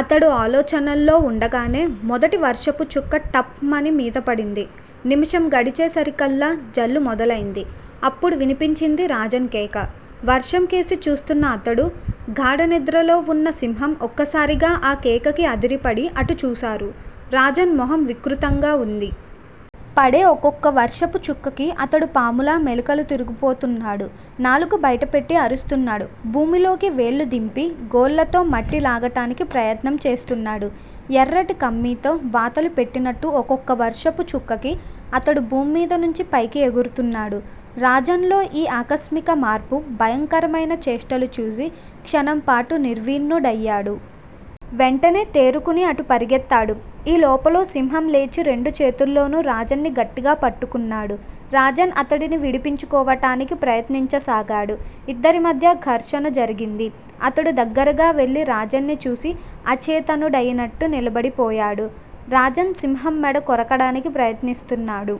అతడు ఆలోచనల్లో వుండగానే మొదటి వర్షపు చుక్క టప్ మని మీద పడింది. నిముషం గడిచేసరికల్లా జల్లు మొదలైంది. అప్పుడు వినిపించింది రాజన్ కేక! వర్షంకేసి చూస్తూన్న అతడూ, గాఢనిద్రలో వున్న సింహం ఒక్కసారిగా ఆ కేకకి అదిరిపడి అటు చూశారు. రాజన్ మొహం వికృతంగా వుంది. పడే ఒక్కొక్క వర్షపు చుక్కకి అతడు పాములా మెలికలుతిరిగిపోతున్నాడు. నాలుకబయటపెట్టి అరుస్తున్నాడు. భూమిలోకి వేళ్ళు దింపి, గోళ్ళతో మట్టి లాగటానికి ప్రయత్నం చేస్తున్నాడు. ఎర్రటి కమ్మీతో వాతలు పెట్టినట్టు ఒక్కొక్క వర్షపు చుక్కకి అతడు భూమ్మీద నుంచి పైకి ఎగురుతున్నాడు. రాజన్ లో ఈ ఆకస్మిక మార్పు, భయంకరమైన చేష్టలుచూసి క్షణంపాటు నిర్విణ్ణుడయ్యాడు. వెంటనే తేరుకుని అటు పరుగెత్తాడు. ఈ లోపులో సింహం లేచి రెండు చేతుల్తోనూ రాజన్ ని గట్టిగా పట్టుకున్నాడు. రాజన్ అతడిని విడిపించుకోవటానికి ప్రయత్నించసాగాడు. ఇద్దరి మధ్యా ఘర్షణ జరిగింది. అతడు దగ్గరగా వెళ్ళి రాజన్ ని చూసి అచేతనుడయినట్టు నిలబడి పోయాడు. రాజన్ సింహం మెడ కొరకడానికి ప్రయత్నిస్తున్నాడు.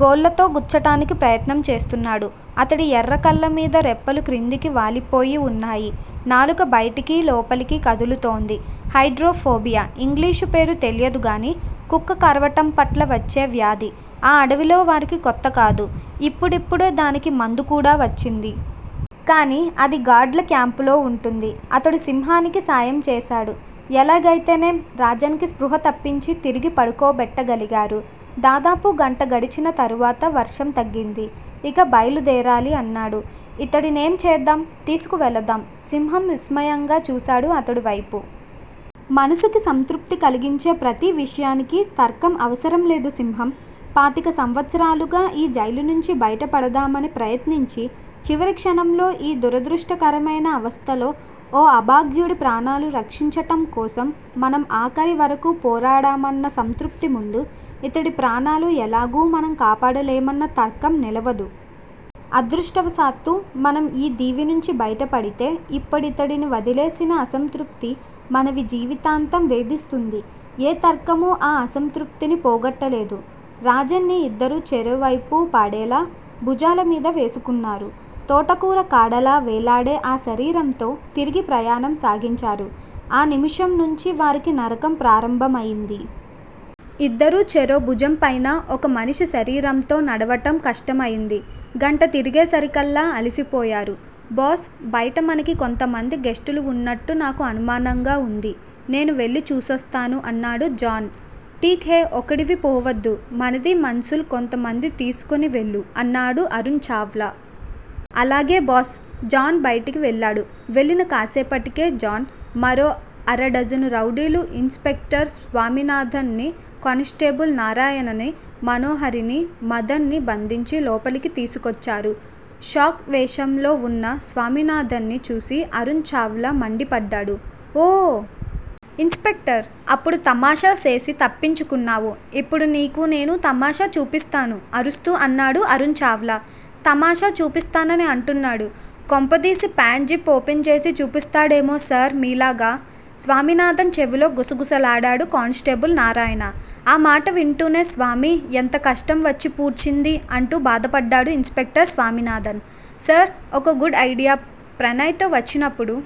గోళ్ళతో గుచ్చటానికి ప్రయత్నం చేస్తున్నాడు. అతడి ఎర్రకళ్ళమీద రెప్పలు క్రిందికి వాలిపోయి వున్నాయి. నాలుక బయటికీ, లోపలికీ కదులుతోంది. Hydrophobia! English పేరు తెలీదుగానీ, కుక్క కరవటంపట్ల వచ్చే వ్యాధి ఆ అడవిలో వారికి కొత్తకాదు. ఇప్పుడిప్పుడే దానికి మందు కూడా వచ్చింది. కానీ అది గార్డ్ ల క్యాంపులో వుంటుంది. అతడు సింహానికి సాయం చేశాడు. ఎలాగయితేనేం రాజన్ కి స్పృహ తప్పించి తిరిగి పడుకోబెట్టగలిగారు. దాదాపు గంట గడిచిన తరువాత వర్షం తగ్గింది. ఇక బయలు దేరాలి అన్నాడు. ఇతడినేం చేద్దాం? తీసుకు వెళదాం. సింహం విస్మయంగా చూశాడు అతడివైపు. మనసుకి సంతృప్తి కలిగించే ప్రతి విషయానికీ తర్కం అవసరం లేదు సింహం! పాతికసంవత్సరాలుగా ఈ జైలునుంచి బయటపడదామని ప్రయత్నించి, చివరి క్షణంలో ఈ దురదృష్టకరమైన అవస్థలో ఓ అభాగ్యుడి ప్రాణాలు రక్షించటం కోసం మనం ఆఖరి వరకూ పోరాడామన్న సంతృప్తి ముందు- ఇతడి ప్రాణాలు ఎలాగూ మనం కాపాడలేమన్న తర్కం నిలవదు. అదృష్టవశాత్తూ మనం యీ దీవినుంచి బయటపడితే ఇప్పుడితడిని వదిలేసిన అసంతృప్తి మనవి జీవితాంతం వేధిస్తుంది. ఏ తర్కమూ ఆ అసంతృప్తిని పోగొట్టలేదు. రాజన్ ని ఇద్దరూ చెరోవైపూ పాడెలా భుజాలమీద వేసుకున్నారు. తోటకూర కాడలా వేలాడే ఆ శరీరంతో తిరిగి ప్రయాణం సాగించారు. ఆ నిముషం నుంచీ వారికి నరకం ప్రారంభమయింది. ఇద్దరూ చెరో భుజం పైనా ఒక మనిషి శరీరంతో నడవటం కష్టమయింది. గంట తిరిగేసరికల్లా అలిసిపోయారు. బాస్ బయట మనకి ఇంకొంతమంది గెస్టులు వున్నట్టు నాకు అనుమానంగా వుంది. నేను వెళ్ళి చూసొస్తాను అన్నాడు జాన్. ఠీక్ హై ఒక్కడివి పోవద్దు. మనదీ మన్సుల్ కొంతమంది తీస్కుని వెళ్ళు అన్నాడు అరుణ్ చావ్లా. అలాగే బాస్! జాన్ బయటికి వెళ్ళాడు. వెళ్ళిన కాస్సేపటికే జాన్, మరో అరడజను రౌడీలు ఇన్స్ పెక్టర్ స్వామినాథన్ ని, కానిస్టేబుల్ నారాయణనీ, మనోహరినీ, మదన్ నీ బంధించి లోపలికి తీసుకోచ్చారు. షేక్ వేషంలో వున్న స్వామినాథన్ ని చూసి అరుణ్ చావ్లా మండిపడ్డాడు. ఓ! ఇన్స్ పెక్టర్! అప్పుడు తమాషా సేసి తప్పించుకున్నావు ఇప్పుడు నీకూ నేను తమాషా చూపిస్తాను అరుస్తూ అన్నాడు అరుణ్ చావ్లా. తమాషా చూపిస్తానని అంటున్నాడు. కొంపదీసి ప్యాంట్ జిప్ ఓపెన్ చేసి చూపిస్తాడేమో సార్ మీలాగా స్వామినాథన్ చెవిలో గుస గుసలాడాడు కానిస్టేబుల్ నారాయణ. ఆ మాట వింటూనే స్వామీ ఎంత కష్టం వచ్చి పూడ్చింది అంటూ బాధపడ్డాడు ఇన్స్ పెక్టర్ స్వామినాథన్. సార్! ఒక గుడ్ ఐడియా ప్రణయ్ తో వచ్చినప్పుడు